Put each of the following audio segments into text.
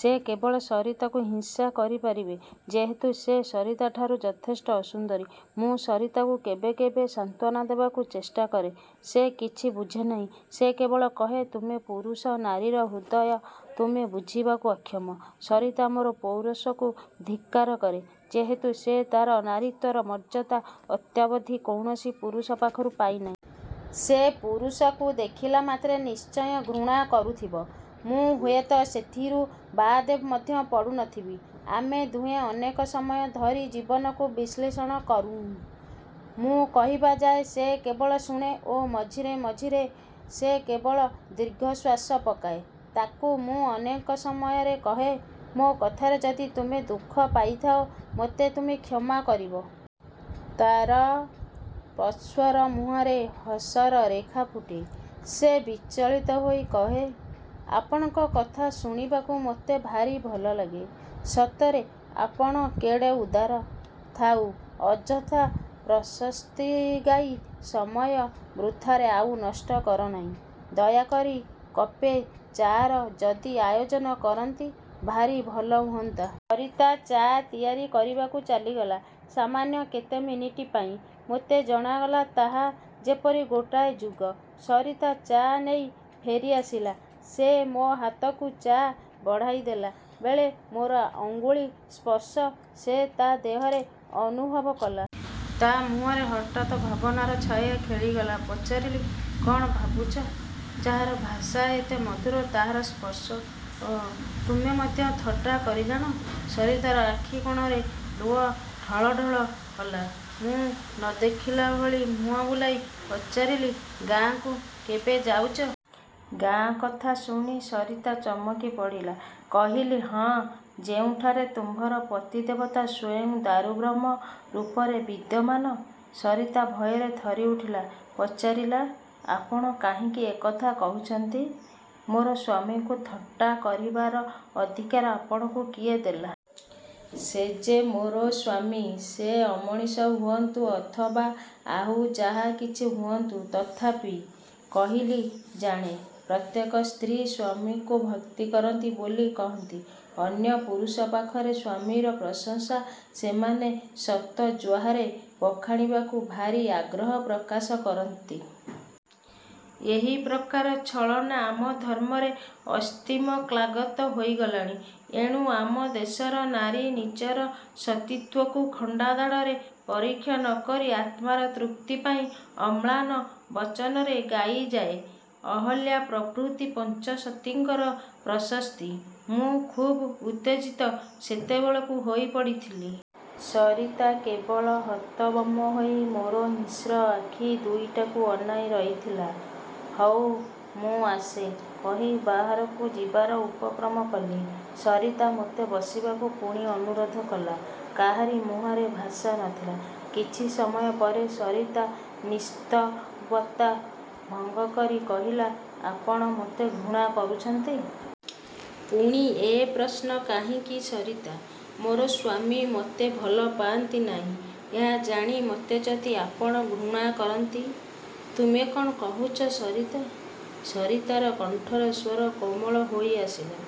ସେ କେବଳ ସରିତାକୁ ହିଂସା କରିପାରିବେ ଯେହେତୁ ସେ ସରିତାଠାରୁ ଯଥେଷ୍ଟ ଅସୁନ୍ଦରୀ। ମୁଁ ସରିତାକୁ କେବେ କେବେ ସାନ୍ତ୍ୱାନା ଦେବାକୁ ଚେଷ୍ଟାକରେ। ସେ କିଛି ବୁଝେନାହିଁ। ସେ କେବଳ କହେ ତୁମେ ପୁରୁଷ, ନାରୀର ହୃଦୟ ତୁମେ ବୁଝିବାକୁ ଅକ୍ଷମ। ସରିତା ମୋର ପୌରୁଷକୁ ଧିକ୍କାର କରେ ଯେହେତୁ ସେ ତା'ର ନାରୀତ୍ୱର ମର୍ଯ୍ୟାଦା ଅଦ୍ୟାବଧି କୌଣସି ପୁରୁଷ ପାଖରୁ ପାଇନାହିଁ। ସେ ପୁରୁଷକୁ ଦେଖିଲାମାତ୍ରେ ନିଶ୍ଚୟ ଘୃଣା କରୁଥିବ। ମୁଁ ହୁଏତ ସେଥିରୁ ବାଦ୍ ମଧ୍ୟ ପଡ଼ୁନଥିବି। ଆମେ ଦୁହେଁ ଅନେକ ସମୟ ଧରି ଜୀବନକୁ ବିଶ୍ଳେଷଣ କରୁଁ। ମୁଁ କହିଯାଏ ସେ କେବଳ ଶୁଣେ ଓ ମଝିରେ ମଝିରେ ସେ କେବଳ ଦୀର୍ଘଶ୍ୱାସ ପକାଏ। ତାକୁ ମୁଁ ଅନେକ ସମୟରେ କହେ, ''ମୋ କଥାରେ ଯଦି ତୁମେ ଦୁଃଖ ପାଇଥାଅ ମୋତେ ତୁମେ କ୍ଷମା କରିବ। '' ତା'ର ପଣ୍ଡୁର ମୁହଁରେ ହସର ରେଖା ଫୁଟେ। ସେ ବିଚଳିତ ହୋଇ କହେ, ''ଆପଣଙ୍କ କଥା ଶୁଣିବାକୁ ମୋତେ ଭାରି ଭଲଲାଗେ। ସତରେ ଆପଣ କେଡ଼େ ଉଦାର। '' ''ଥାଉ, ଅଯଥା ପ୍ରଶସ୍ତିଗାଇ ସମୟ ବୃଥାରେ ଆଉ ନଷ୍ଟ କରନାହିଁ। ଦୟାକରି କପେ ଚା'ର ଯଦି ଆୟୋଜନ କରନ୍ତି ଭାରି ଭଲ ହୁଅନ୍ତା। '' ସରିତା ଚା' ତିଆରି କରିବାକୁ ଚାଲିଗଲା। ସାମାନ୍ୟ କେତେ ମିନିଟ୍ ପାଇଁ। ମୋତେ ଜଣାଗଲା ତାହା ଯେପରି ଗୋଟାଏ ଯୁଗ। ସରିତା ଚା' ନେଇ ଫେରିଆସିଲା। ସେ ମୋ ହାତକୁ ଚା' ବଢ଼ାଇଦେଲା ବେଳେ ମୋର ଅଙ୍ଗୁଳି ସ୍ପର୍ଶ ସେ ତା' ଦେହରେ ଅନୁଭବ କଲା। ତା ମୁହଁରେ ହଠାତ୍ ଭାବନାର ଛାୟା ଖେଳିଗଲା। ପଚାରିଲି, ''କ'ଣ ଭାବୁଛ? '' ''ଯାହାର ଭାଷା ଏତେ ମଧୁର ତାହାର ସ୍ପର୍ଶ। '' 'ଓଃ, ତୁମେ ମଧ୍ୟ ଥଟ୍ଟା କରି ଜାଣ। ' ସରିତାର ଆଖି-କୋଣରେ ଲୁହ ଢଳ ଢଳ କଲା। ମୁଁ ନ ଦେଖିଲା ଭଳି ମୁହଁ ବୁଲାଇ ପଚାରିଲି, ''ଗାଁ କୁ କେବେ ଯାଉଛ? '' ଗାଁ କଥା ଶୁଣି ସରିତା ଚମକିପଡ଼ିଲା। କହିଲି, ''ହଁ, ଯେଉଁଠାରେ ତୁମ୍ଭର ପତିଦେବତା ସ୍ୱୟଂ ଦାରୁବ୍ରହ୍ମ ରୂପରେ ବିଦ୍ୟମାନ। '' ସରିତା ଭୟରେ ଥରିଉଠିଲା। ପଚାରିଲା, ''ଆପଣ କାହିଁକି ଏ କଥା କହୁଛନ୍ତି? ମୋର ସ୍ୱାମୀକୁ ଥଟ୍ଟା କରିବାର ଅଧିକାର ଆପଣଙ୍କୁ କିଏ ଦେଲା? ସେ ଯେ ମୋର ସ୍ୱାମୀ। ସେ ଅମଣିଷ ହୁଅନ୍ତୁ ଅଥବା ଆଉ ଯାହା କିଛି ହୁଅନ୍ତୁ ତଥାପି। '' କହିଲି, ''ଜାଣେ, ପ୍ରତ୍ୟେକ ସ୍ତ୍ରୀ ସ୍ୱାମୀକୁ ଭକ୍ତି କରନ୍ତି ବୋଲି କହନ୍ତି। ଅନ୍ୟ ପୁରୁଷ ପାଖରେ ସ୍ୱାମୀର ପ୍ରଶଂସା ସେମାନେ ଶତଜିହ୍ୱାରେ ବଖାଣିବାକୁ ଭାରି ଆଗ୍ରହ ପ୍ରକାଶ କରନ୍ତି। ଏହି ପ୍ରକାର ଛଳନା ଆମ ଧର୍ମରେ ଅସ୍ଥିମଜ୍ଜାଗତ ହୋଇଗଲାଣି। ଏଣୁ ଆମ ଦେଶର ନାରୀ ନିଜର ସତୀତ୍ୱକୁ ଖଣ୍ଡାଦାଢ଼ରେ ପରୀକ୍ଷା ନ କରି ଆତ୍ମାର ତୃପ୍ତି ପାଇଁ ଅମ୍ଳାନ ବଦନରେ ଗାଇଯାଏ ଅହଲ୍ୟା ପ୍ରଭୃତି ପଞ୍ଚସତୀଙ୍କର ପ୍ରଶସ୍ତି। '' ମୁଁ ଖୁବ୍ ଉତ୍ତେଜିତ ସେତେବେଳକୁ ହୋଇପଡ଼ିଥିଲି। ସରିତା କେବଳ ହତବମ୍ବ ହୋଇ ମୋର ହିଂସ୍ର ଅଖି ଦୁଇଟାକୁ ଅନାଇ ରହିଥିଲା। 'ହଉ ମୁଁ ଆସେ' କହି ବାହାରକୁ ଯିବାର ଉପକ୍ରମ କଲି। ସରିତା ମୋତେ ବସିବାକୁ ପୁଣି ଅନୁରୋଧ କଲା। କାହାରି ମୁହଁରେ ଭାଷା ନ ଥିଲା। କିଛି ସମୟ ପରେ ସରିତା ନିସ୍ତବ୍ଧତା ଭଙ୍ଗକରି କହିଲା, ''ଆପଣ ମୋତେ ଘୃଣା କରୁଛନ୍ତି? '' ''ପୁଣି ଏ ପ୍ରଶ୍ନ କାହିଁକି ସରିତା? '' ମୋର ସ୍ୱାମୀ ମୋତେ ଭଲପାଆନ୍ତି ନାହିଁ। ଏହା ଜାଣି ମୋତେ ଯଦି ଆପଣ ଘୃଣା କରନ୍ତି? ''ତୁମେ କ'ଣ କହୁଛ ସରିତା? '' ସରିତାର କଣ୍ଠର ସ୍ୱର କୋମଳ ହୋଇଆସିଲା।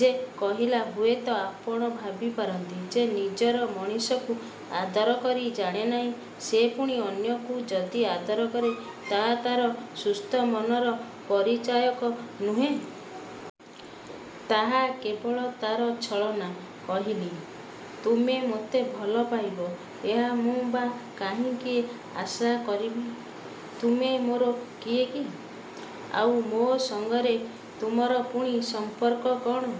ସେ କହିଲା, ''ହୁଏତ ଆପଣ ଭାବିପାରନ୍ତି, ଯେ ନିଜର ମଣିଷକୁ ଆଦର କରି ଜାଣେନାହିଁ, ସେ ପୁଣି ଅନ୍ୟକୁ ଯଦି ଆଦର କରେ, ତାହା ତା'ର ସୁସ୍ଥମନର ପରିଚାୟକ ନୁହେଁ। ତାହା କେବଳ ତା'ର ଛଳନା। '' କହିଲି, ''ତୁମେ ମୋତେ ଭଲପାଇବ, ଏହା ମୁଁ ବା କାହିଁକି ଆଶା କରିବି? ତୁମେ ମୋର କିଏ କି? ଆଉ ମୋ ସଙ୍ଗରେ ତୁମର ପୁଣି ସମ୍ପର୍କ କ'ଣ?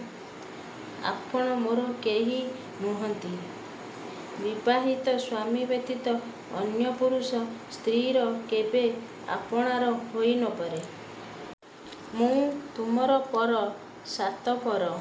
'' ''ଆପଣ ମୋର କେହି ନୁହନ୍ତି? '' ''ବିବାହିତ ସ୍ୱାମୀ ବ୍ୟତୀତ ଅନ୍ୟ ପୁରୁଷ ସ୍ତ୍ରୀର କେବେ ଆପଣାର ହୋଇନପାରେ। ମୁଁ ତୁମର ପର, ସାତପର।